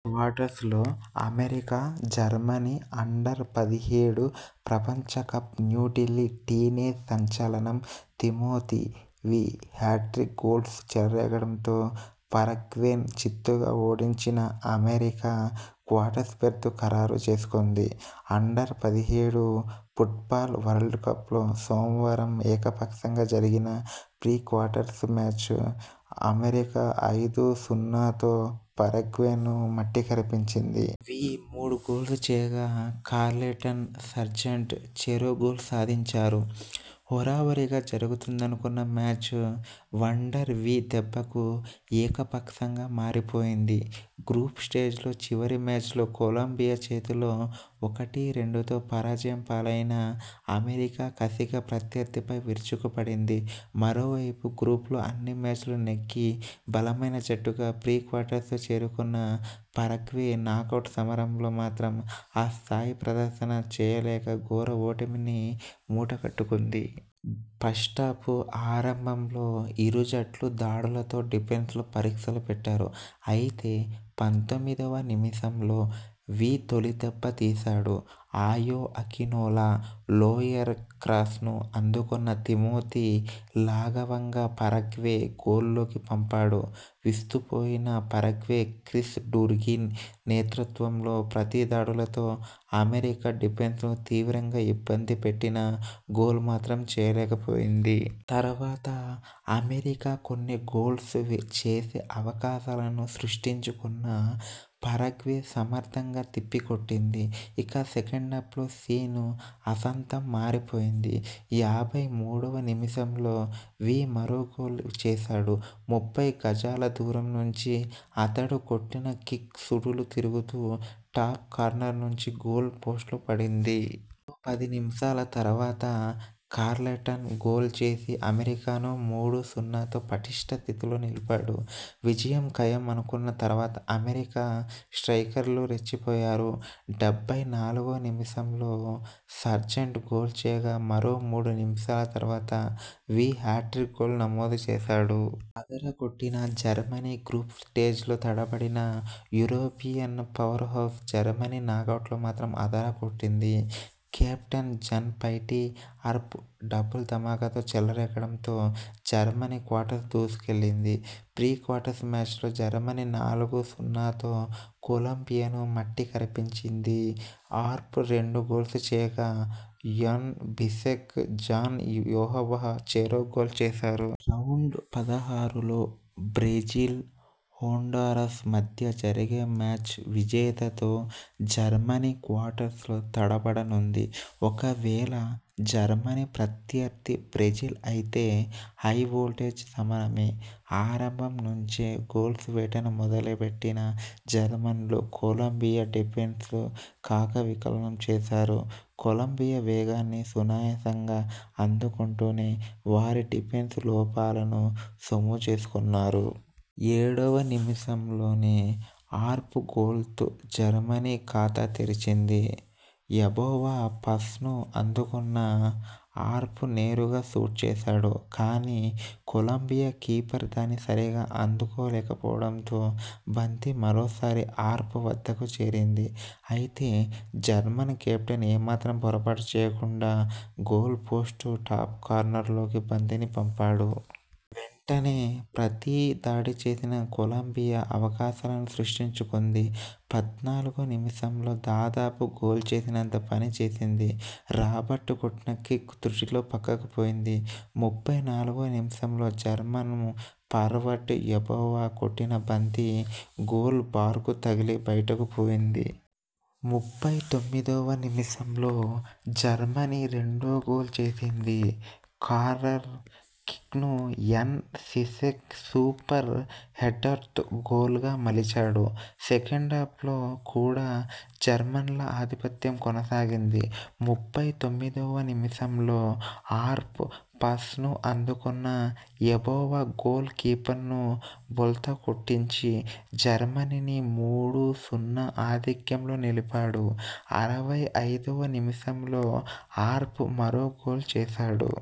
క్వార్టర్స్లో America, Germany under పదిహేడు ప్రపంచకప్ New Delhi teenage సంచలనం తిమోతి వీ హ్యాట్రిక్ గోల్స్తో చెలరేగడంతో పరాగ్వేను చిత్తుగా ఓడించిన అమెరికా క్వార్టర్స్ బెర్త్ ఖరారు చేసుకుంది. అండర్-పదిహేడు ఫుట్బాల్ వరల్డ్కప్లో సోమవారం ఏకపక్షంగా జరిగిన ప్రీ క్వార్టర్స్ మ్యాచ్లో అమెరికా ఐదు-సున్నాతో పరాగ్వేను మట్టికరిపించింది. వీ మూడు గోల్స్ చేయగా కార్లెటన్, సార్జెంట్ చెరో గోల్ సాధించారు. హోరాహోరీగా జరుగుతుందనుకున్న మ్యాచ్ వండర్ వీ దెబ్బకు ఏకపక్షంగా మారిపోయింది. గ్రూప్ స్టేజ్లో చివరి మ్యాచ్లో కొలంబియా చేతిలో ఒకటి-రెండుతో పరాజయం పాలైన అమెరికా కసిగా ప్రత్యర్థిపై విరుచుకుపడింది. మరోవైపు గ్రూప్లో అన్ని మ్యాచ్లూ నెగ్గి బలమైన జట్టుగా ప్రీ క్వార్టర్స్కు చేరుకున్న పరాగ్వే నాకౌట్ సమరంలో మాత్రం ఆస్థాయి ప్రదర్శన చేయలేక ఘోర ఓటమిని మూటగట్టుకుంది. ఫస్టాఫ్ ఆరంభంలో ఇరు జట్లూ దాడులతో డిఫెన్స్కు పరీక్షలు పెట్టారు. అయితే పంతొమ్మిదివ నిమిషంలో వీ తొలి దెబ్బ తీశాడు. అయో అకినోలా లోయర్ క్రాస్ను అందుకున్న తిమోతి లాఘవంగా పరాగ్వే గోల్లోకి పంపాడు. విస్తుపోయిన పరాగ్వే క్రిస్ డుర్కిన్ నేతృత్వంలో ప్రతి దాడులతో అమెరికా డిఫెన్స్ను తీవ్రంగా ఇబ్బంది పెట్టినా గోల్ మాత్రం చేయలేక పోయింది. తర్వాత అమెరికా కొన్ని గోల్స్ చేసే అవకాశాలను సృష్టించుకున్నా పరాగ్వే సమర్థంగా తిప్పికొట్టింది. ఇక సెకండాఫ్లో సీన్ ఆసాంతం మారిపోయింది. యాభై మూడువ నిమిషంలో వీ మరో గోల్ చేశాడు. ముప్పై గజాల దూరం నుంచి అతడు కొట్టిన కిక్ సుడులు తిరుగుతూ టాప్ కార్నర్ నుంచి గోల్ పోస్టులో పడింది. మరో పది నిమిషాల తర్వాత కార్లెటన్ గోల్ చేసి అమెరికాను మూడు-సున్నాతో పటిష్ట స్థితిలో నిలిపాడు. విజయం ఖాయం అనుకున్న తర్వాత అమెరికా స్ట్రయికర్లు రెచ్చిపోయారు. డెబ్బై నాలుగువ నిమిషంలో సార్జెంట్ గోల్ చేయగా మరో మూడు నిమిషాల తర్వాత వీ హ్యాట్రిక్ గోల్ నమోదు చేశాడు. అదరగొట్టిన జర్మనీ గ్రూప్ స్టేజ్లో తడబడిన యూరోపియన్ పవర్హౌస్ జర్మనీ నాకౌట్లో మాత్రం అదరగొట్టింది. కెప్టెన్ జన్-ఫైటీ అర్ప్ డబుల్ ధమాకాతో చెలరేగడంతో జర్మనీ క్వార్టర్స్కు దూసుకెళ్లింది. ప్రీ క్వార్టర్స్ మ్యాచ్లో జర్మనీ నాలుగు-సున్నాతో కొలంబియాను మట్టికరిపింది. అర్ప్ రెండు గోల్స్ చేయగా యాన్ బిసెక్, జాన్ యబోవా చెరో గోల్ చేశారు. రౌండ్-పదహారులో బ్రెజిల్, హోండరస్ మధ్య జరిగే మ్యాచ్ విజేతతో జర్మనీ క్వార్టర్స్లో తలపడనుంది. ఒకవేళ జర్మనీ ప్రత్యర్థి బ్రెజిల్ అయితే హైవోల్టేజ్ సమరమే! ఆరంభం నుంచే గోల్స్ వేటను మొదలెట్టిన జర్మన్లు కొలంబియా డిఫెన్స్ను కకావికలం చేశారు. కొలంబియా వేగాన్ని సునాయాసంగా అందుకుంటూనే వారి డిఫెన్స్ లోపాలను సొమ్ము చేసుకున్నారు. ఏడువ నిమిషంలోనే అర్ప్ గోల్తో జర్మనీ ఖాతా తెరిచింది. యబోవా పాస్ను అందుకున్న అర్ప్ నేరుగా షూట్ చేశాడు. కానీ కొలంబియా కీపర్ దానిని సరిగా అందుకోకపోవడంతో బంతి మరోసారి అర్ప్ వద్దకు చేరింది. అయితే జర్మన్ కెప్టెన్ ఏమాత్రం పొరబాటు చేయకుండా గోల్ పోస్టు టాప్ కార్నర్లోకి బంతిని పంపాడు. వెంటనే ప్రతి దాడి చేసిన కొలంబియా అవకాశాలను సృష్టించుకుంది పద్నాలుగువ నిమిషంలో దాదాపు గోల్ చేసినంత పని చేసింది. రాబర్ట్ కొట్టిన కిక్ త్రుటిలో పక్కకు పోయింది. ముప్పై నాలుగువ నిమిషంలో జర్మన్ ఫార్వర్డ్ యబోవా కొట్టిన బంతి గోల్ బార్కు తగిలి బయటకు పోయింది. ముప్పై తొమ్మిదివ నిమిషంలో జర్మనీ రెండో గోల్ చేసింది. కార్నర్ కిక్ను యాన్ సిసెక్ సూపర్ హెడ్డర్తో గోల్గా మలిచాడు. సెకండాఫ్లో కూడా జర్మన్ల ఆధిపత్యం కొనసాగింది. ముప్పై తొమ్మిదివ నిమిషంలో అర్ప్ పాస్ను అందుకున్న యబోవా గోల్ కీపర్ను బోల్తా కొట్టించి జర్మనీని మూడు-సున్నా ఆధిక్యంలో నిలిపాడు. అరవై ఐదువ నిమిషంలో అర్ప్ మరో గోల్ చేశాడు.